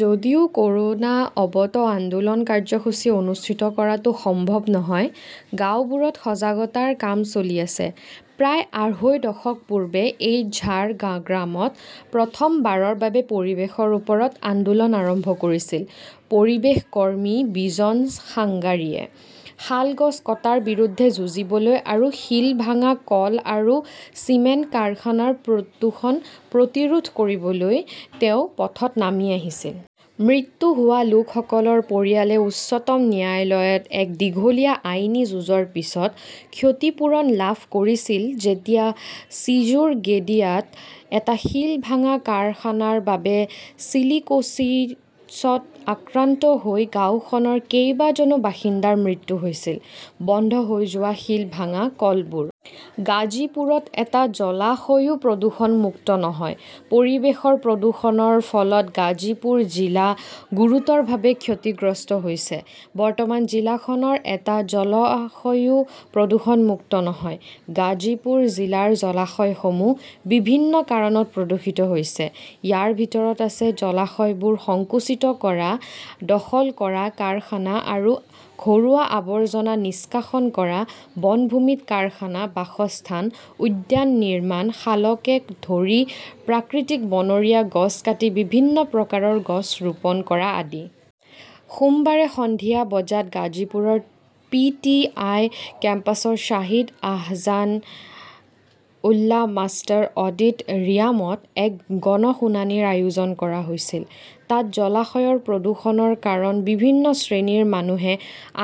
যদিও ক "ৰোনা অৱত আন্দোলন কাৰ্যসূচী অনুষ্ঠিত কৰাটো সম্ভৱ নহয়, গাওঁবোৰত সজাগতাৰ কাম চলি আছে। "প্ৰায় আঢ়ৈ দশক পূৰ্বে এই ঝাৰগ্ৰামত প্ৰথমবাৰৰ বাবে পৰিৱেশৰ ওপৰত আন্দোলন আৰম্ভ কৰিছিল পৰিৱেশ কৰ্মী বিজন সাৰাংগীয়ে। শাল গছ কটাৰ বিৰুদ্ধে যুঁজিবলৈ আৰু শিল ভাঙা কল আৰু চিমেণ্ট কাৰখানাৰ প্ৰদূষণ প্ৰতিৰোধ কৰিবলৈ তেওঁ পথত নামি আহিছিল। মৃত্যু হোৱা লোকসকলৰ পৰিয়ালে উচ্চতম ন্যায়ালয়ত এক দীঘলীয়া আইনী যুঁজৰ পিছত ক্ষতিপূৰণ লাভ কৰিছিল যেতিয়া ছিচুৰগেডিয়াত এটা শিল ভাঙা কাৰখানাৰ বাবে চিলিকোচিছত আক্ৰান্ত হৈ গাওঁখনৰ কেইবাজনো বাসিন্দাৰ মৃত্যু হৈছিল। বন্ধ হৈ যোৱা শিল ভাঙা কলবোৰ। গাজীপুৰত এটা জলাশয়ও প্ৰদূষণমুক্ত নহয়। পৰিৱেশৰ প্ৰদূষণৰ ফলত গাজীপুৰ জিলা গুৰুতৰভাৱে ক্ষতিগ্ৰস্ত হৈছে। বৰ্তমান জিলাখনৰ এটা জলাশয়ও প্ৰদূষণমুক্ত নহয়। গাজীপুৰ জিলাৰ জলাশয়সমূহ বিভিন্ন কাৰণত প্ৰদূষিত হৈছে। ইয়াৰ ভিতৰত আছে জলাশয়বোৰ সংকুচিত কৰা, দখল কৰা, কাৰখানা আৰু ঘৰুৱা আৱৰ্জনা নিষ্কাশন কৰা, বনভূমিত কাৰখানা, বাসস্থান, উদ্যান নিৰ্মাণ, শালকে ধৰি প্ৰাকৃতিক বনৰীয়া গছ কাটি বিভিন্ন প্ৰকাৰৰ গছ ৰোপণ কৰা আদি। সোমবাৰে সন্ধিয়া বজাত গাজীপুৰৰ পি. টি. আই. কেম্পাছৰ শ্বাহিদ আহছান উল্লা মাষ্টাৰ অডিট "ৰিয়ামত এক গণ শুনানিৰ আয়োজন কৰা হৈছিল। তাত জলাশয় প্ৰদূষণৰ কাৰণ বিভিন্ন শ্ৰেণীৰ মানুহে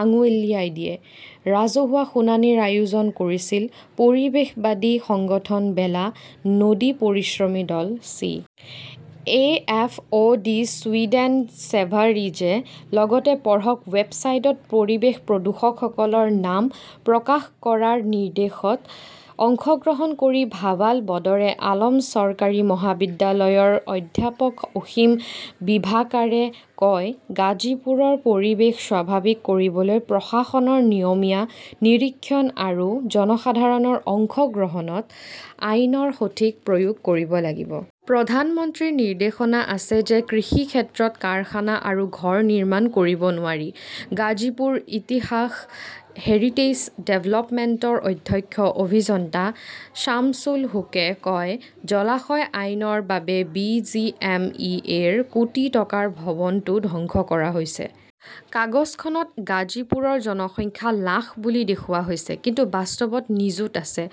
আঙুলিয়াই দিয়ে। ৰাজহুৱা শুনানিৰ আয়োজন কৰিছিল পৰিৱেশবাদী সংগঠন বেলা, নদী পৰিভ্ৰমী দল, C. A. F. O '. D., Sweden ছেভাৰিজে। লগতে পঢ়কঃ ৱেবছাইটত পৰিৱেশ প্ৰদূষকসকলৰ নাম প্ৰকাশ কৰাৰ নিৰ্দেশত অংশগ্ৰহণ কৰি ভাৱাল বদৰে আলম চৰকাৰী মহাবিদ্যালয়ৰ অধ্যাপক অসীম বিভাকাৰে কয়, "গাজীপুৰৰ পৰিৱেশ স্বাভাৱিক কৰিবলৈ প্ৰশাসনৰ নিয়মীয়া নিৰীক্ষণ আৰু জনসাধাৰণৰ অংশগ্ৰহণত আইনৰ সঠিক প্ৰয়োগ কৰিব লাগিব। প্ৰধানমন্ত্ৰীৰ নিৰ্দেশনা আছে যে কৃষিক্ষেত্ৰত কাৰখানা আৰু ঘৰ নিৰ্মাণ কৰিব নোৱাৰি। "গাজীপুৰ ইতিহাস হেৰিটেজ ডেভেলপমেণ্টৰ অধ্যক্ষ অভিযন্তা শামছুল হুকে কয়", জলাশয় আইনৰ বাবে B. G. M. E. A. -ৰ কোটি টকাৰ ভৱনটো ধ্বংস কৰা হৈছে। কাগজখনত গাজীপুৰৰ জনসংখ্যা লাখ বুলি দেখুওৱা হৈছে। কিন্তু বাস্তৱত নিযুত আছে।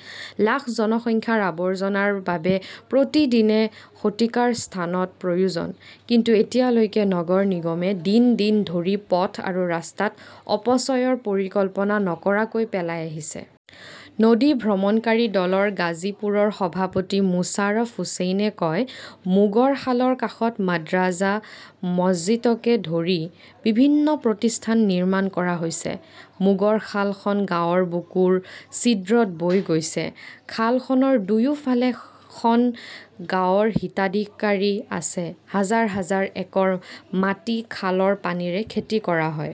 লাখ জনসংখ্যাৰ আৱৰ্জনাৰ বাবে প্ৰতিদিনে শতিকাৰ স্থানৰ প্ৰয়োজন। কিন্তু এতিয়ালৈকে নগৰ নিগমে দিন দিন ধৰি পথ আৰু ৰাস্তাত অপচয়ৰ পৰিকল্পনা নকৰাকৈ পেলাই আহিছে। "নদী ভ্ৰমণকাৰী দলৰ গাজীপুৰৰ সভাপতি মোছাৰফ হুচেইনে কয়", "মোগৰখালৰ কাষত মাদ্ৰাজা-মছজিদকে ধৰি বিভিন্ন প্ৰতিষ্ঠান নিৰ্মাণ কৰা হৈছে। " মোগৰখাল খন গাঁৱৰ বুকুৰ ছিদ্ৰত বৈ গৈছে। খালখনৰ দুয়োফালে খন গাঁৱৰ হিতাধিকাৰী আছে। হাজাৰ হাজাৰ একৰ মাটি খালৰ পানীৰে খেতি কৰা হয়।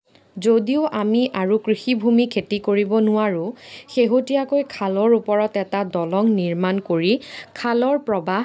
যদিও আমি আৰু কৃষিভূমি খেতি কৰিব নোৱাৰো। শেহতীয়াকৈ খালৰ ওপৰত এটা দলং নিৰ্মাণ কৰি খালৰ প্ৰৱাহ